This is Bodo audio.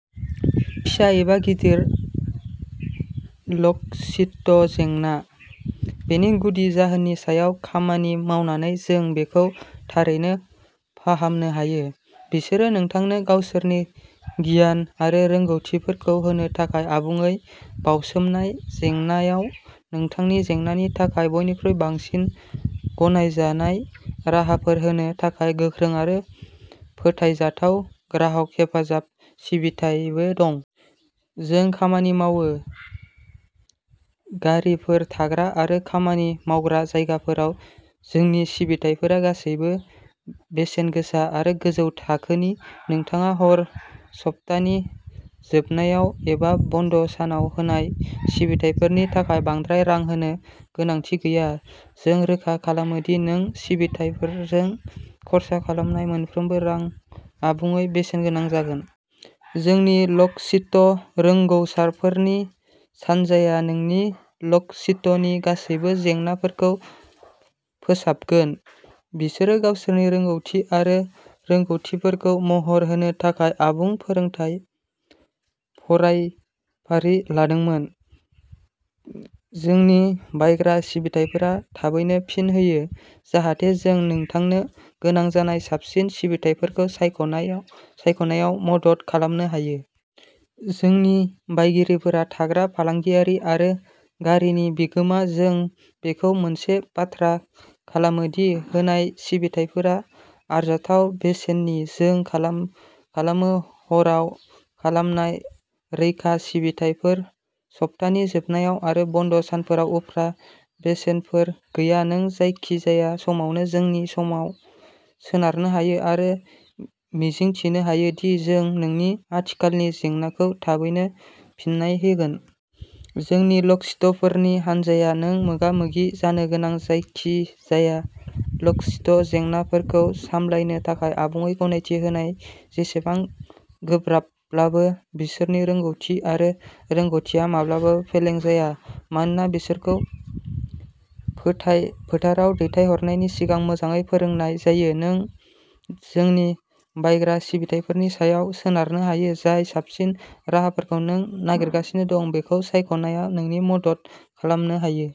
फिसा एबा गिदिर लकसिथ जेंना?-बेनि गुदि जाहोननि सायाव खामानि मावनानै, जों बेखौ थारैनो फाहामनो हायो। बिसोरो नोंथांनो गावसोरनि गियान आरो रोंग'थिफोरखौ होनो थाखाय आबुङै बाउसोमनाय। जेंनायाव नोंथांनि जेंनानि थाखाय बयनिख्रुइ बांसिन गनायजानाय राहाफोर होनो थाखाय गोख्रै आरो फोथायजाथाव ग्राहक हेफाजाब सिबिथाइबो दं। जों खामानि मावो। गारिफोर, थाग्रा आरो खामानि मावग्रा जायगाफोराव। जोंनि सिबिथाइफोरा गासैबो बेसेनगोसा आरो गोजौ थाखोनि। नोंथाङा हर, सप्तानि जोबनायाव एबा बन्द'सानाव होनाय सिबिथाइफोरनि थाखाय बांद्राय रां होनो गोनांथि गैया। जों रोखा खालामो दि नों सिबिथाइफोरजों खर्सा खालामनाय मोनफ्रोमबो रांआ आबुङै बेसेनगोनां जागोन। जोंनि लकसिथ रोंग'साफोरनि हानजाया नोंनि लकस्मिथनि गासैबो जेंनाफोरखौ फोसाबगोन। बिसोरो गावसोरनि रोंग'थि आरो रोंग'थिफोरखौ महर होनो थाखाय आबुं फोरोंथाय फरायफारि लादोंमोन। जोंनि बायग्रा सिबिथाइफोरा थाबैनो फिन होयो जाहाथे जों नोंथांनो गोनां जानाय साबसिन सिबिथाइफोरखौ सायख'नायाव मदद खालामनो हायो। जोंनि बायगिरिफोरा थाग्रा, फालांगियारि आरो गारिनि बिगोमा। जों बेखौ मोनसे बाथ्रा खालामो दि होनाय सिबिथाइफोरा आरजाथाव बेसेननि। जों खालामो। हरआव खालामनाय रैखा सिबिथाइफोर; सप्तानि जोबनायाव आरो बन्द'सानफोराव उफ्रा बेसेनफोर गैया। नों जायखिजाया समावनो जोंनि सायाव सोनारनो हायो आरो मिजिंथिनो हायो दि जों नोंनि आथिखालनि जेंनाखौ थाबैनो फिन्नाय होगोन। जोंनि लकस्मिथफोरनि हानजाया नों मोगा-मोगि जानो गोनां जायखिजाया लकसिथ जेंनाफोरखौ सामलायनो थाखाय आबुङै गनायथि होजानाय, जेसेबां गोब्राबब्लाबो। बिसोरनि रोंग'थि आरो रोंग'थिआ माब्लाबाबो फेलें जाया मानोना बिसोरखौ फोथा-फोथाराव दैथायहरनायनि सिगां मोजाङै फोरोंनाय जायो। नों जोंनि बायग्रा सिबिथाइफोरनि सायाव सोनारनो हायो, जाय साबसिन राहाफोरखौ नों नागिरगासिनो दं बेखौ सायख'नायाव नोंखौ मदद खालामनो हायो।